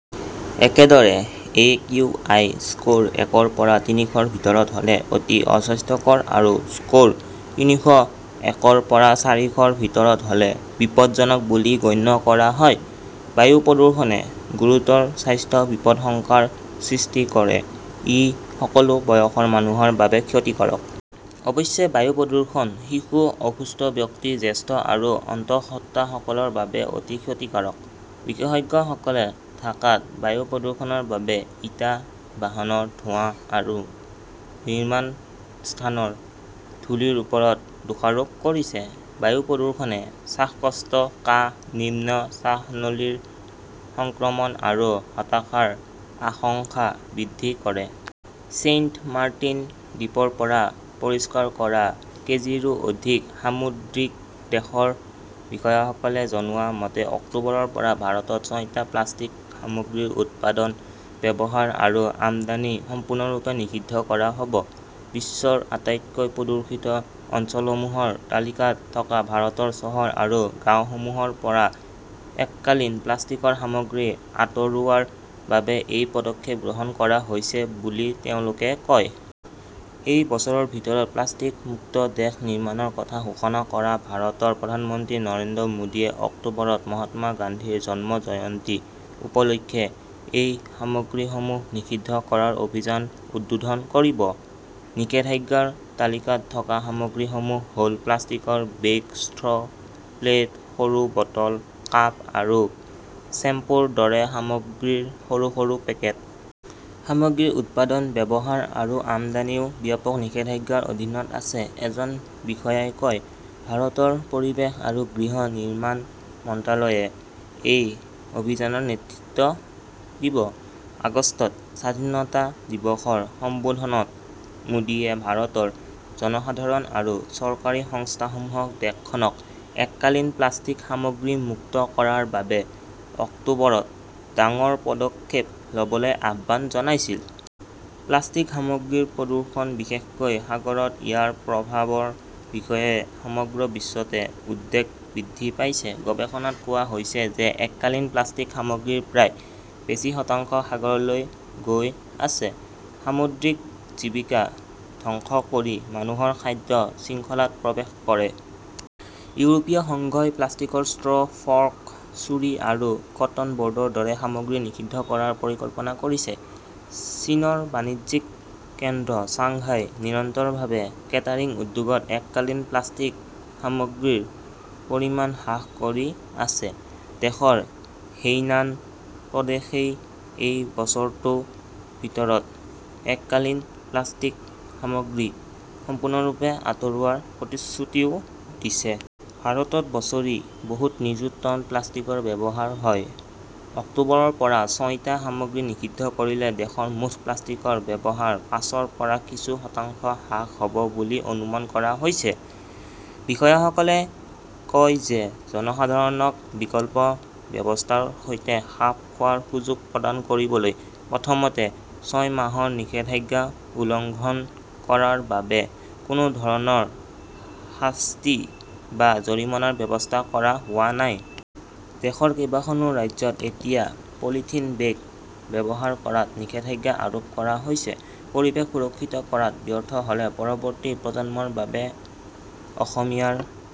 একেদৰে, AQI score একৰ পৰা তিনিশৰ ভিতৰত হ'লে "অতি অস্বাস্থ্যকৰ" আৰু স্ক'ৰ তিনিশ একৰ পৰা চাৰিশৰ ভিতৰত হ'লে "বিপদজনক" বুলি গণ্য কৰা হয়। বায়ু প্ৰদূষণে গুৰুতৰ স্বাস্থ্য বিপদাশংকাৰ সৃষ্টি কৰে। ই সকলো বয়সৰ মানুহৰ বাবে ক্ষতিকাৰক। অৱশ্যে, বায়ু প্ৰদূষণ শিশু, অসুস্থ ব্যক্তি, জ্যেষ্ঠ আৰু অন্তঃসত্ত্বা সকলৰ বাবে অতি ক্ষতিকাৰক। বিশেষজ্ঞসকলে ঢাকাত বায়ু প্ৰদূষণৰ বাবে ইটা, বাহনৰ ধোঁৱা আৰু নিৰ্মাণ স্থানৰ ধূলিৰ ওপৰত দোষাৰোপ কৰিছে। বায়ু প্ৰদূষণে শ্বাসকষ্ট, কাহ, নিম্ন শ্বাসনলীৰ সংক্ৰমণ আৰু হতাশাৰ আশংকা বৃদ্ধি কৰে। ছেইণ্টমাৰ্টিন দ্বীপৰ পৰা পৰিষ্কাৰ কৰা কেজিৰো অধিক সামুদ্ৰিকদেশৰ বিষয়াসকলে জনোৱা মতে অক্টোবৰৰ পৰা ভাৰতত ছয়টা প্লাষ্টিক সামগ্ৰীৰ উৎপাদন, ব্যৱহাৰ আৰু আমদানি সম্পূৰ্ণৰূপে নিষিদ্ধ কৰা হ'ব। বিশ্বৰ আটাইতকৈ প্ৰদূষিত অঞ্চলসমূহৰ তালিকাত থকা ভাৰতৰ চহৰ আৰু গাঁওসমূহৰ পৰা এককালীন প্লাষ্টিকৰ সামগ্ৰী আঁতৰোৱাৰ বাবে এই পদক্ষেপ গ্ৰহণ কৰা হৈছে বুলি তেওঁলোকে কয়। এই বছৰৰ ভিতৰত প্লাষ্টিকমুক্ত দেশ নিৰ্মাণৰ কথা ঘোষণা কৰা ভাৰতৰ প্ৰধানমন্ত্ৰী নৰেন্দ্ৰ মোদীয়ে অক্টোবৰত মহাত্মা গান্ধীৰ জন্ম জয়ন্তী উপলক্ষে এই সামগ্ৰীসমূহ নিষিদ্ধ কৰাৰ অভিযান উদ্বোধন কৰিব। নিষেধাজ্ঞাৰ তালিকাত থকা সামগ্ৰীসমূহ হ'ল প্লাষ্টিকৰ বেগ, ষ্ট্ৰ', প্লেট, সৰু বটল, কাপ আৰু শ্বেম্পুৰ দৰে সামগ্ৰীৰ সৰু সৰু পেকেট। "সামগ্ৰীৰ উৎপাদন, ব্যৱহাৰ আৰু আমদানিও ব্যাপক নিষেধাজ্ঞাৰ অধীনত আছে", এজন বিষয়াই কয়। ভাৰতৰ পৰিৱেশ আৰু গৃহ নিৰ্মাণ মন্ত্ৰালয়ে এই অভিযানৰ নেতৃত্ব দিব। আগষ্টত স্বাধীনতা দিৱসৰ সম্বোধনত মোদীয়ে ভাৰতৰ জনসাধাৰণ আৰু চৰকাৰী সংস্থাসমূহক দেশখনক এককালীন প্লাষ্টিক সামগ্ৰী মুক্ত কৰাৰ বাবে অক্টোবৰত ডাঙৰ পদক্ষেপ ল'বলৈ আহ্বান জনাইছিল। প্লাষ্টিক সামগ্ৰীৰ প্ৰদূষণ, বিশেষকৈ সাগৰত ইয়াৰ প্ৰভাৱৰ বিষয়ে সমগ্ৰ বিশ্বতে উদ্বেগ বৃদ্ধি পাইছে। গৱেষণাত কোৱা হৈছে যে এককালীন প্লাষ্টিক সামগ্ৰীৰ প্ৰায় বেছি শতাংশ সাগৰলৈ গৈ আছে। সামুদ্ৰিক জীৱিকা ধ্বংস কৰি মানুহৰ খাদ্য শৃংখলাত প্ৰৱেশ কৰে। ইউৰোপীয় সংঘই প্লাষ্টিকৰ ষ্ট্ৰ', ফৰ্ক, ছুৰী আৰু কটন বডৰ দৰে সামগ্ৰী নিষিদ্ধ কৰাৰ পৰিকল্পনা কৰিছে। চীনৰ বাণিজ্যিক কেন্দ্ৰ চাংহাই নিৰন্তৰভাৱে কেটাৰিং উদ্যোগত এককালীন প্লাষ্টিক সামগ্ৰীৰ পৰিমাণ হ্ৰাস কৰি আছে । দেশৰ হেইনান প্ৰদেশই এই বছৰটো ভিতৰত এককালীন প্লাষ্টিক সামগ্ৰী সম্পূৰ্ণৰূপে আঁতৰোৱাৰ প্ৰতিশ্ৰুতিও দিছে। ভাৰতত বছৰি বহুত নিযুত টন প্লাষ্টিকৰ ব্যৱহাৰ হয়, অক্টোবৰৰ পৰা ছয়টা সামগ্ৰী নিষিদ্ধ কৰিলে দেশৰ মুঠ প্লাষ্টিকৰ ব্যৱহাৰ পাঁচৰ পৰা কিছু শতাংশ হ্ৰাস হ'ব বুলি অনুমান কৰা হৈছে। বিষয়াসকলে কয় যে জনসাধাৰণক বিকল্প ব্যৱস্থাৰ সৈতে খাপ খোৱাৰ সুযোগ প্ৰদান কৰিবলৈ প্ৰথমতে ছয় মাহৰ নিষেধাজ্ঞা উলংঘন কৰাৰ বাবে কোনো ধৰণৰ শাস্তি বা জৰিমনাৰ ব্যৱস্থা কৰা হোৱা নাই। দেশৰ কেইবাখনো ৰাজ্যত এতিয়া পলিথিন বেগ ব্যৱহাৰ কৰাত নিষেধাজ্ঞা আৰোপ কৰা হৈছে। পৰিৱেশ সুৰক্ষিত কৰাত ব্যৰ্থ হ'লে পৰৱৰ্তী প্ৰজন্মৰ বাবে অসমীয়াৰ